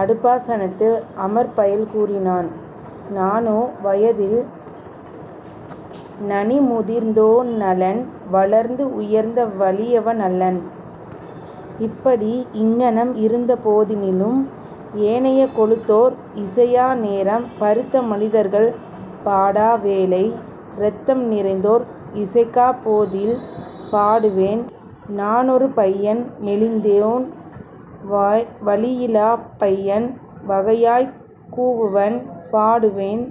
அடுப்பா சனத்து அமர்பயல் கூறினான். நானோ வயதில் நனிமுதிர்ந் தோனலன் வளர்ந்து உயர்ந்த வலியவன் அல்லன். இப்படி இங்ஙனம் இருந்தபோ தினிலும் ஏனைய கொழுத்தோர் இசையா நேரம் பருத்த மனிதர்கள் பாடா வேளை இரத்தம் நிறைந்தோர் இசைக்காப் போதில் பாடுவேன் நானொரு பையன் மெலிந்தோன் வலியிலாப் பையன் வகையாய்க் கூவுவன் பாடுவேன்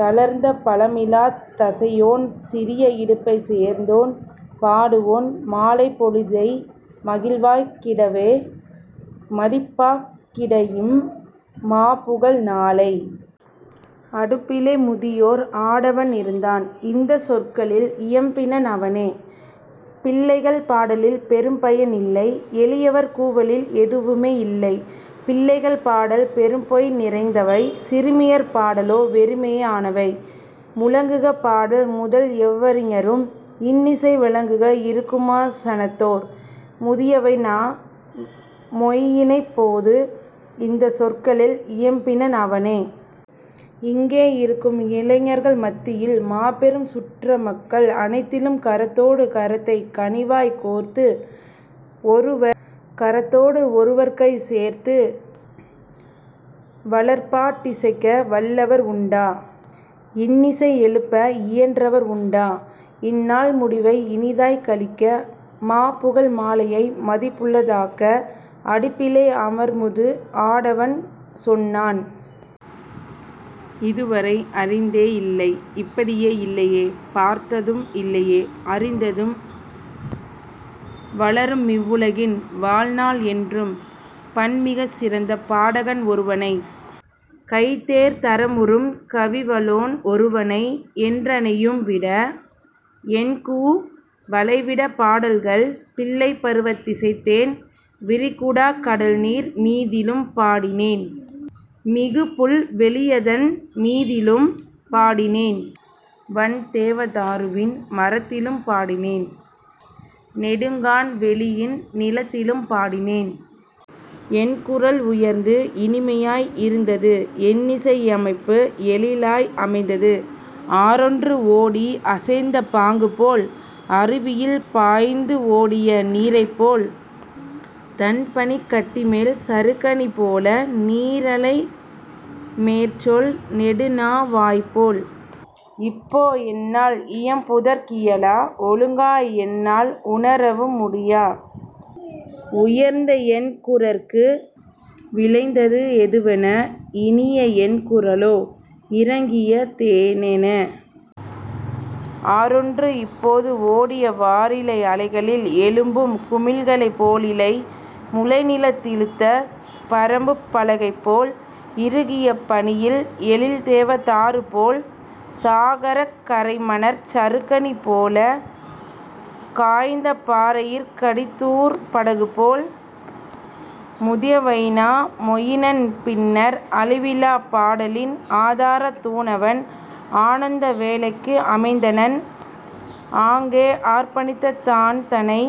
தளர்ந்த பலமிலாத் தசையோன் சிறிய இடுப்பைச் சேர்ந்தோன் பாடுவேன் மாலைப் பொழுதிதை மகிழ்வாக் கிடவே மதிப்பாக் கிடஇம் மாபுகழ் நாளை. அடுப்பிலே முதியதோர் ஆடவன் இருந்தான். இந்தச் சொற்களில் இயம்பினன் அவனே. பிள்ளைகள் பாடலில் பெறுபயன் இல்லை எளியவர் கூவலில் எதுவுமே யில்லை பிள்ளைகள் பாடல் பெரும்பொய் நிறைந்தவை சிறுமியர் பாடலோ வெறுமையே யானவை. முழங்குக பாடல் முதல்எவ் வறிஞரும் இன்னிசை வழங்குக இருக்குமா சனத்தோர். முதிய வைனா மொயினனப் போது இந்தச் சொற்களில் இயம்பினன் அவனே. இங்கே இருக்கும் இளைஞர்கள் மத்தியில் மாபெரும் சுற்ற மக்கள் அனைத்திலும் கரத்தொடு கரத்தைக் கனிவாய்க் கோர்த்து ஒருவர் கரத்தொடு ஒருவர்கை சேர்த்து வளர்பாட் டிசைக்க வல்லவர் உண்டா. இன்னிசை எழுப்ப இயன்றவர் உண்டா. இந்நாள் முடிவை இனிதாய்க் கழிக்க மாபுகழ் மாலையை மதிப்புள தாக்க. அடுப்பிலே அமர்முது ஆடவன் சொன்னான். இதுவரை அறிந்ததே இல்லைஇப் படியே இல்லையே பார்த்ததும் இல்லையே அறிந்ததும் வளருமிவ் வுலகின் வாழ்நாள் என்றும் பண்மிகச் சிறந்த பாடகன் ஒருவனை கைதேர் தரமுறும் கவிவலோன் ஒருவனை என்றனை யும்விட என்கூ வலைவிட பாடல்கள் பிள்ளைப் பருவத் திசைத்தேன் விரிகுடாக் கடல்நீர் மீதிலும் பாடினேன் மிகுபுல் வெளியதன் மீதிலும் பாடினேன் வண்தேவ தாருவின் மரத்திலும் பாடினேன் நெடுங்கான் வெளியின் நிலத்திலும் பாடினேன். என்குரல் உயர்ந்து இனிமையாய் இருந்தது என்னிசை யமைப்பு எழிலாய் அமைந்தது ஆறொன்று ஓடி அசைந்த பாங்குபோல் அருவியில் பாய்ந்து ஓடிய நீரைப்போல் தண்பனிக் கட்டிமேல் சறுக்கணி போல நீரலை மேற்செல் நெடுநா வாய்போல். இப்போ என்னால் இயம்புதற் கியலா ஒழுங்காய் என்னால் உணரவும் முடியா உயர்ந்தஎன் குரற்கு விளைந்தது எதுவென இனியஎன் குரலோ இறங்கிய தேனென. ஆறொன்று இப்போது ஓடிய வாறிலை அலைகளில் எழும்பும் குமிழ்களைப் போலிலை முளைநிலத் திழுத்த பரம்புப் பலகைபோல் இறுகிய பனியில் எழில்தேவ தாருபோல் சாகரக் கரைமணற் சறுக்கணி போல காய்ந்த பாறையிற் கடிதூர் படகுபோல். முதிய வைனா மொயினன் பின்னர் அழிவிலாப் பாடலின் ஆதரத் தூணவன் ஆனந்த வேலைக்கு அமைந்தனன் ஆங்கே அர்ப்பணித் தான்தனை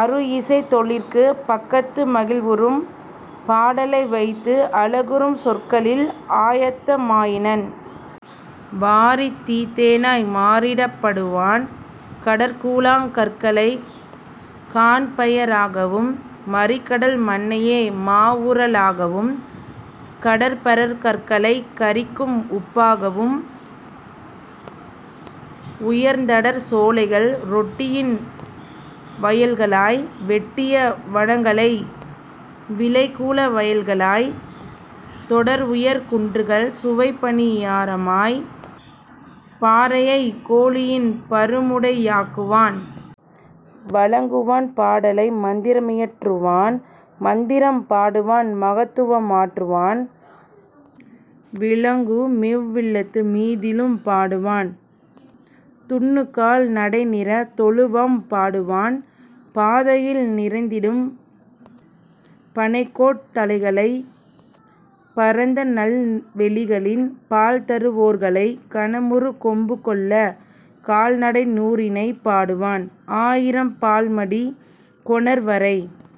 அருஇசைத் தொழிற்கு பக்கத்து மகிழ்வுறும் பாடலை வைத்து அழகுறும் சொற்களில் ஆயத்த மாயினன். வாரிதி தேனாய் மாறிடப் பாடுவான் கடற்குழாங் கற்களை காண் பய றாகவும் மறிகடல் மண்ணையே மாவூற லாகவும் கடற்பரற் கற்களைக் கரிக்கும்உப் பாகவும் உயர்ந்தடர் சோலைகள் ரொட்டியின் வயல்களாய் வெட்டிய வனங்களை விளைகூல வயல்களாய் தொடர்உயர் குன்றுகள் சுவைப்பணி யாரமாய் பாறையைக் கோழியின் பருமுடை யாக்குவான். வழங்குவான் பாடலை மந்திர மியற்றுவான் மந்திரம் பாடுவான் மகத்துவம் ஆற்றுவான் விழங்குமிவ் வில்லத்து மீதிலும் பாடுவான் துன்னுகால் நடைநிறை தொழுவம் பாடுவான் பாதையில் நிறைந்திடும் பணைக்கோட் தலைகளை பரந்தநல் வெளிகளின் பால்தரு வோர்களை கனமுறு கொம்புகொள் கால்நடை நூறினை பாடுவான் ஆயிரம் பால்மடி கொணர்வரை.